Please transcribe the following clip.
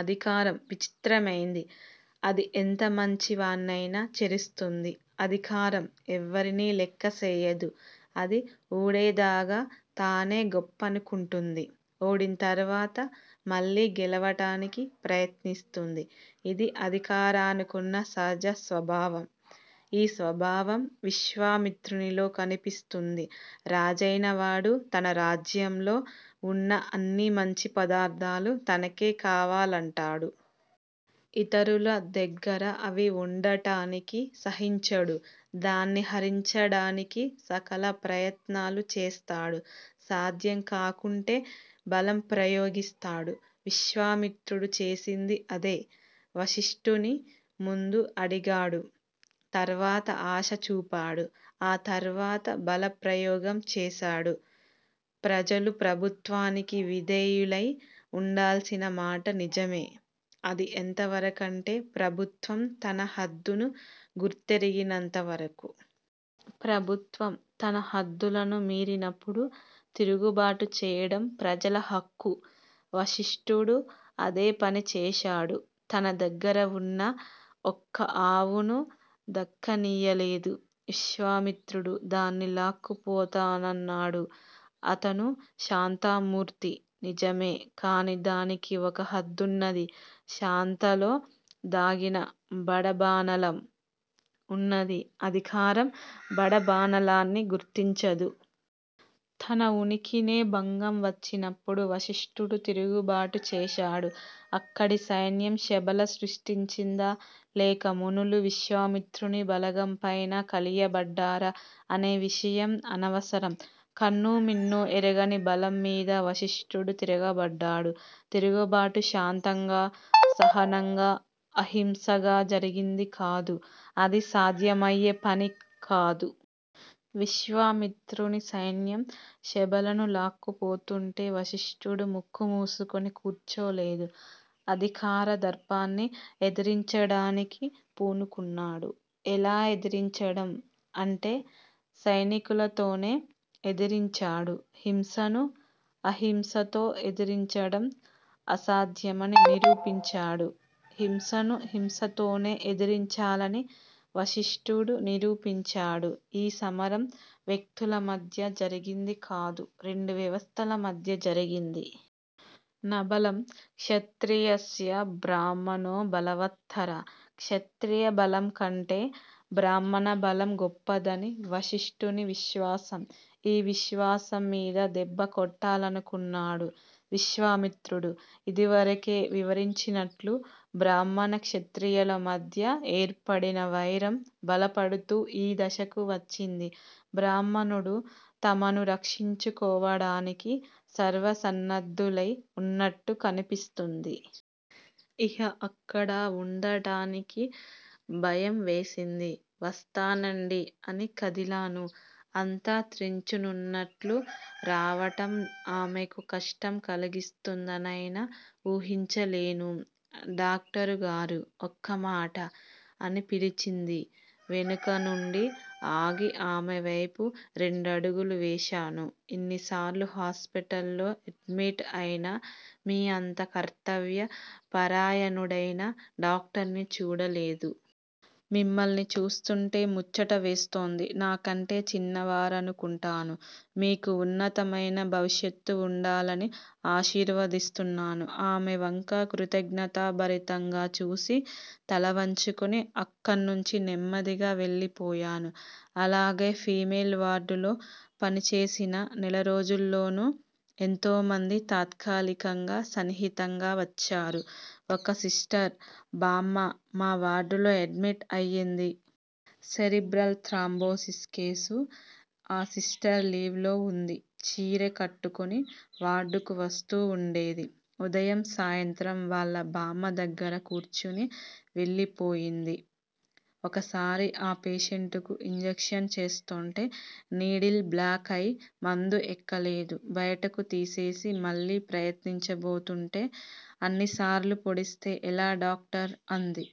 అధికారం విచిత్రమైంది. అది ఎంత మంచివాణ్ణయినా చెరుస్తుంది. అధికారం ఎవ్వరినీ లెక్కసేయదు. అది ఊడేదాగా తానే గొప్పనుకుంటుంది. ఓడింతర్వాత మళ్లీ గెలవటానికి ప్రయత్నిస్తుంది. ఇది అధికారానుకున్న సహజస్వభావం. ఈ స్వభావం విశ్వామిత్రునిలో కనిపిస్తుంది. రాజైనవాడు తన రాజ్యంలో వున్న అన్ని మంచి పదార్థాలు తనకే కావాలంటాడు. ఇతరుల దగ్గర అవి వుండటానికి సహించడు. దాన్ని హరించడానికి సకల ప్రయత్నాలు చేస్తాడు. సాధ్యంకాకుంటే బలం ప్రయోగిస్తాడు. విశ్వామిత్రుడు చేసింది అదే. వశిష్ఠుని ముందు అడిగాడు. తర్వాత ఆశ చూపాడు. ఆ తర్వాత బలప్రయోగం చేశాడు. ప్రజలు ప్రభుత్వానికి విధేయులై వుండాల్సినమాట నిజమే. అది ఎంతవరకంటే ప్రభుత్వం తన హద్దును గుర్తెరిగినంతవరకు. ప్రభుత్వం తన హద్దులను మీరినపుడు తిరుగుబాటు చేయడం ప్రజల హక్కు. వశిష్టుడు అదేపని చేశాడు. తన దగ్గర వున్న ఒక్క ఆవును దక్కనీయలేదు. విశ్వామిత్రుడు దాన్ని లాక్కుపోతానన్నాడు. అతడు శాంతమూర్తి నిజమే. కాని దానికి ఒక హద్దున్నది. శాంతలో దాగిన బడబానలం వున్నది. అధికారం బడబానలాన్ని గుర్తించదు. తన ఉనికినే భంగం వచ్చినప్పుడు వశిష్టుడు తిరుగుబాటు చేశాడు. అక్కడి సైన్యం శబల సృష్టించిందా? లేక మునులు విశ్వామిత్రుని బలగంపైన కలియబడ్డారా అనే విషయం అనవసరం, కన్ను మిన్ను ఎరగని బలంమీద వశిష్ఢుడు తిరగబడ్డాడు. తిరుగుబాటు శాంతంగా, సహనంగా, అహింసగా జరిగిందికాదు. అది సాధ్యమయ్యే పనికాదు. విశ్వామిత్రుని సైన్యం శబళను లాక్కుపోతుంటే వశిష్టుడు ముక్కు మూసుకొని కూర్చోలేదు. అధికార దర్పాన్ని ఎదిరించడానికి పూనుకున్నాడు. ఎలా ఎదిరించడం? అంటే సైనికులతోనే ఎదిరించాడు. హింసను అహింసతో ఎదిరించడం అసాధ్యమని నిరూపించాడు. హింసను హింసతోనే ఎదిరించాలని వశిష్టుడు నిరూపించాడు. ఈ సమరం వ్యక్తులమధ్య జరిగిందికాదు. రెండు వ్యవస్థలమధ్య జరిగింది. నబలం క్షత్రియస్య బ్రాహ్మణో బలవత్తరః క్షత్రియ బలంకంటే బ్రాహ్మణ బలం గొప్పదని వశిష్టుని విశ్వాసం. ఈ విశ్వాసం మీద దెబ్బకొట్టాలనుకున్నాడు విశ్వామిత్రుడు. ఇదివరకే వివరించినట్లు, బ్రాహ్మణ, క్షత్రియుల మధ్య ఏర్పడిన వైరం బలపడుతూ ఈ దశకు వచ్చింది. బ్రాహ్మణులు తమను రక్షించుకోవడానికి సర్వసన్నద్ధులై వున్నట్టు కనిపిస్తుంది. ఇహ అక్కడ వుండటానికి భయం వేసింది. వస్తానండి అని కదిలాను. అంత త్రెంచునున్నట్లు రావటం ఆమెకు కష్టం కలిగిస్తుందనైనా ఊహించలేను. డాక్టరుగారూ, ఒక్కమాట! అని పిలిచింది, వెనుకనుండి ఆగి, ఆమె వైపు రెండడుగులు వేశాను. ఇన్నిసార్లు హాస్పిటల్ లో ఎడ్మిట్ అయినా మీ అంత కర్తవ్య పరాయణుడైన డాక్టర్ని చూడలేదు. మిమ్మల్ని చూస్తుంటే ముచ్చట వేస్తోంది నాకంటే చిన్నవారనుకుంటాను, మీకు వున్నతమైన భవిష్యత్తు వుండాలని ఆశీర్వదిస్తున్నాను. ఆమె వంక కృతజ్ఞతా భరితంగా చూసి, తల వంచుకుని అక్కణ్నుంచి నెమ్మదిగా వెళ్ళిపోయాను. అలాగే ఫిమేల్ వార్డులో పనిచేసిన నెలరోజుల్లోనూ ఎంతోమంది తాత్కాలికంగా సన్నిహితంగా వచ్చారు. ఒక సిస్టర్ బామ్మ మా వార్డులో ఎడ్మిట్ అయింది. Cerebral thrombosis case. ఆ సిస్టర్ లీవ్ లో వుంది. చీరె కట్టుకుని వార్డుకు వస్తూ వుండేది ఉదయం, సాయంత్రం వాళ్ళ బామ్మ దగ్గర కూర్చుని వెళ్ళిపోయింది. ఒకసారి ఆ పేషెంటుకు ఇంజక్షన్ చేస్తోంటే నీడిల్ బ్లాక్ అయి మందు ఎక్కలేదు బయటకు తీసేసి మళ్ళీ ప్రయత్నించబోతూంటే అన్నిసార్లు పొడిస్తే ఎలా డాక్టర్? అంది.